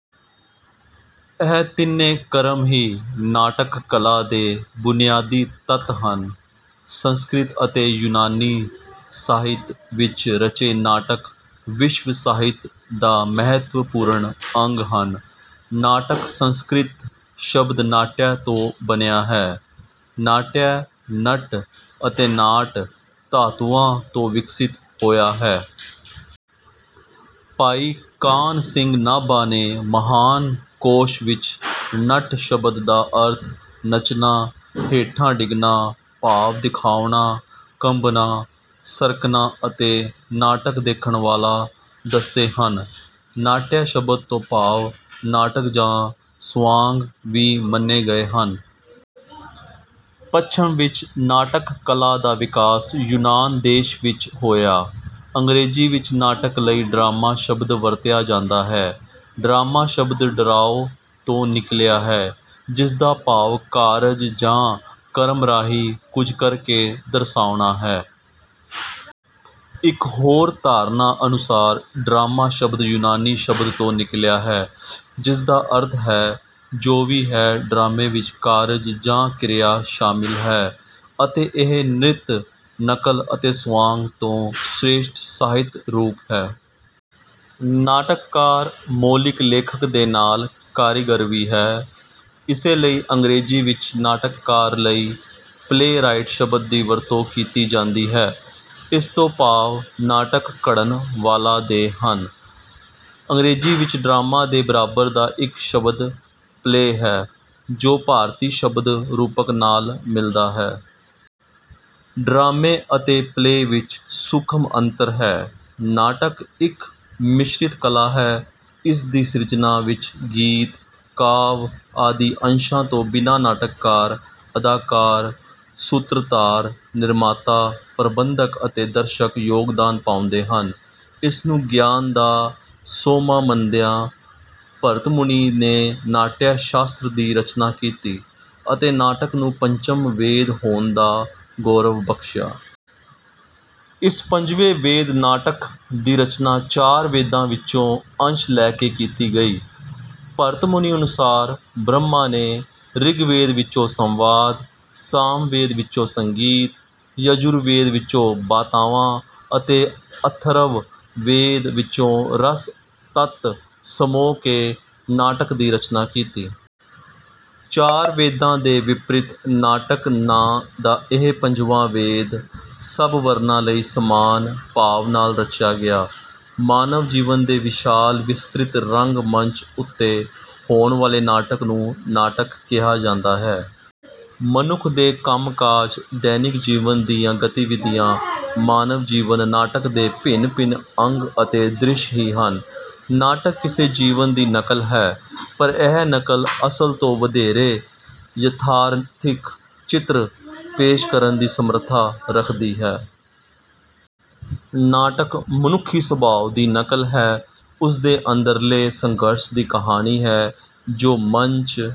ਇਹ ਤਿੰਨੇ ਕਰਮ ਹੀ ਨਾਟਕ ਕਲਾ ਦੇ ਬੁਨਿਆਦੀ ਤੱਤ ਹਨ। ਸੰਸਕ੍ਰਿਤ ਅਤੇ ਯੂਨਾਨੀ ਸਾਹਿਤ ਵਿੱਚ ਰਚੇ ਨਾਟਕ ਵਿਸ਼ਵ ਸਾਹਿਤ ਦਾ ਮਹੱਤਵਪੂਰਨ ਅੰਗ ਹਨ। ਨਾਟਕ ਸੰਸਕ੍ਰਿਤ ਸ਼ਬਦ ਨਾਟਯ ਤੋਂ ਬਣਿਆ ਹੈ। ਨਾਟਯ ਨਟ ਅਤੇ ਨਾਟ ਧਾਤੂਆਂ ਤੋਂ ਵਿਕਸਿਤ ਹੋਇਆ ਹੈ। ਭਾਈ ਕਾਨ੍ਹ ਸਿੰਘ ਨਾਭਾ ਨੇ ਮਹਾਨ ਕੋਸ਼ ਵਿੱਚ ਨਟ ਸ਼ਬਦ ਦਾ ਅਰਥ ਨੱਚਣਾ, ਹੇਠਾਂ ਡਿੱਗਣਾ, ਭਾਵ ਦਿਖਾਉਣਾ, ਕੰਬਣਾ, ਸਰਕਣਾ ਅਤੇ ਨਾਟਕ ਦੇਖਣ ਵਾਲਾ ਦੱਸੇ ਹਨ। ਨਾਟਯ ਸ਼ਬਦ ਤੋਂ ਭਾਵ ਨਾਟਕ ਜਾਂ ਸਵਾਂਗ ਵੀ ਮੰਨੇ ਗਏ ਹਨ। ਪੱਛਮ ਵਿੱਚ ਨਾਟਕ ਕਲਾ ਦਾ ਵਿਕਾਸ ਯੂਨਾਨ ਦੇਸ਼ ਵਿੱਚ ਹੋਇਆ। ਅੰਗਰੇਜ਼ੀ ਵਿੱਚ ਨਾਟਕ ਲਈ ਡਰਾਮਾ ਸ਼ਬਦ ਵਰਤਿਆ ਜਾਂਦਾ ਹੈ। ਡਰਾਮਾ ਸ਼ਬਦ ਡਰਾਓ ਤੋਂ ਨਿਕਲਿਆ ਹੈ, ਜਿਸਦਾ ਭਾਵ ਕਾਰਜ ਜਾਂ ਕਰਮ ਰਾਹੀਂ ਕੁਝ ਕਰ ਕੇ ਦਰਸਾਉਣਾ ਹੈ। ਇੱਕ ਹੋਰ ਧਾਰਨਾ ਅਨੁਸਾਰ ਡਰਾਮਾ ਸ਼ਬਦ ਯੂਨਾਨੀ ਸ਼ਬਦ ਤੋਂ ਨਿਕਲਿਆ ਹੈ, ਜਿਸਦਾ ਅਰਥ ਹੈ। ਜੋ ਵੀ ਹੈ ਡਰਾਮੇ ਵਿੱਚ ਕਾਰਜ ਜਾਂ ਕਿਰਿਆ ਸ਼ਾਮਲ ਹੈ, ਅਤੇ ਇਹ ਨ੍ਰਿਤ, ਨਕਲ ਅਤੇ ਸਵਾਂਗ ਤੋਂ ਸ੍ਰੇਸ਼ਠ ਸਾਹਿਤ ਰੂਪ ਹੈ। ਨਾਟਕਕਾਰ ਮੌਲਿਕ ਲੇਖਕ ਦੇ ਨਾਲ ਕਾਰੀਗਰ ਵੀ ਹੈ। ਇਸੇ ਲਈ ਅੰਗਰੇਜ਼ੀ ਵਿੱਚ ਨਾਟਕਾਰ ਲਈ ਪਲੇਰਾਈਟ ਸ਼ਬਦ ਦੀ ਵਰਤੋਂ ਕੀਤੀ ਜਾਂਦੀ ਹੈ। ਇਸ ਤੋਂ ਭਾਵ ਨਾਟਕ ਘੜਨ ਵਾਲਾ ਦੇ ਹਨ। ਅੰਗਰੇਜ਼ੀ ਵਿੱਚ ਡਰਾਮਾ ਦੇ ਬਰਾਬਰ ਦਾ ਇੱਕ ਸ਼ਬਦ ਪਲੇ ਹੈ, ਜੋ ਭਾਰਤੀ ਸ਼ਬਦ ਰੂਪਕ ਨਾਲ ਮਿਲਦਾ ਹੈ। ਡਰਾਮੇ ਅਤੇ ਪਲੇ ਵਿੱਚ ਸੂਖਮ ਅੰਤਰ ਹੈ। ਨਾਟਕ ਇੱਕ ਮਿਸ਼ਰਿਤ ਕਲਾ ਹੈ। ਇਸ ਦੀ ਸਿਰਜਣਾ ਵਿੱਚ ਗੀਤ, ਕਾਵਿ ਆਦਿ ਅੰਸ਼ਾਂ ਤੋਂ ਬਿਨਾਂ ਨਾਟਕਕਾਰ, ਅਦਾਕਾਰ, ਸੂਤਰਧਾਰ, ਨਿਰਮਾਤਾ, ਪ੍ਰਬੰਧਕ ਅਤੇ ਦਰਸ਼ਕ ਯੋਗਦਾਨ ਪਾਉਂਦੇ ਹਨ। ਇਸ ਨੂੰ ਗਿਆਨ ਦਾ ਸੋਮਾ ਮੰਨਦਿਆਂ ਭਰਤਮੁਨੀ ਨੇ ਨਾਟਯ ਸ਼ਾਸਤਰ ਦੀ ਰਚਨਾ ਕੀਤੀ, ਅਤੇ ਨਾਟਕ ਨੂੰ ਪੰਚਮ ਵੇਦ ਹੋਣ ਦਾ ਗੌਰਵ ਬਖਸ਼ਿਆ। ਇਸ ਪੰਜਵੇਂ ਵੇਦ ਨਾਟਕ ਦੀ ਰਚਨਾ ਚਾਰ ਵੇਦਾਂ ਵਿੱਚੋਂ ਅੰਸ਼ ਲੈ ਕੇ ਕੀਤੀ ਗਈ। ਭਰਤ ਮੁਨੀ ਅਨੁਸਾਰ ਬ੍ਰਹਮਾ ਨੇ ਰਿਗਵੇਦ ਵਿੱਚੋਂ ਸੰਵਾਦ, ਸਾਮਵੇਦ ਵਿੱਚੋਂ ਸੰਗੀਤ, ਯਜੁਰ ਵੇਦ ਵਿੱਚੋਂ ਬਾਤਾਵਾਂ ਅਤੇ ਅਥਰਵ ਵੇਦ ਵਿੱਚੋਂ ਰਸ ਤੱਤ ਸਮੋ ਕੇ ਨਾਟਕ ਦੀ ਰਚਨਾ ਕੀਤੀ। ਚਾਰ ਵੇਦਾਂ ਦੇ ਵਿਪਰੀਤ ਨਾਟਕ ਨਾਂ ਦਾ ਇਹ ਪੰਜਵਾਂ ਵੇਦ ਸਭ ਵਰਨਾਂ ਲਈ ਸਮਾਨ ਭਾਵ ਨਾਲ ਰਚਿਆ ਗਿਆ। ਮਾਨਵ ਜੀਵਨ ਦੇ ਵਿਸ਼ਾਲ ਵਿਸਤ੍ਰਿਤ ਰੰਗ ਮੰਚ ਉੱਤੇ ਹੋਣ ਵਾਲੇ ਨਾਟਕ ਨੂੰ ਨਾਟਕ ਕਿਹਾ ਜਾਂਦਾ ਹੈ। ਮਨੁੱਖ ਦੇ ਕੰਮ ਕਾਜ, ਦੈਨਿਕ ਜੀਵਨ ਦੀਆਂ ਗਤੀਵਿਧੀਆਂ, ਮਾਨਵ ਜੀਵਨ ਨਾਟਕ ਦੇ ਭਿੰਨ ਭਿੰਨ ਅੰਗ ਅਤੇ ਦ੍ਰਿਸ਼ ਹੀ ਹਨ। ਨਾਟਕ ਕਿਸੇ ਜੀਵਨ ਦੀ ਨਕਲ ਹੈ, ਪਰ ਇਹ ਨਕਲ ਅਸਲ ਤੋਂ ਵਧੇਰੇ ਯਥਾਰਥਿਕ ਚਿੱਤਰ ਪੇਸ਼ ਕਰਨ ਦੀ ਸਮਰੱਥਾ ਰੱਖਦੀ ਹੈ। ਨਾਟਕ ਮਨੁੱਖੀ ਸੁਭਾਅ ਦੀ ਨਕਲ ਹੈ, ਉਸ ਦੇ ਅੰਦਰਲੇ ਸੰਘਰਸ਼ ਦੀ ਕਹਾਣੀ ਹੈ, ਜੋ ਮੰਚ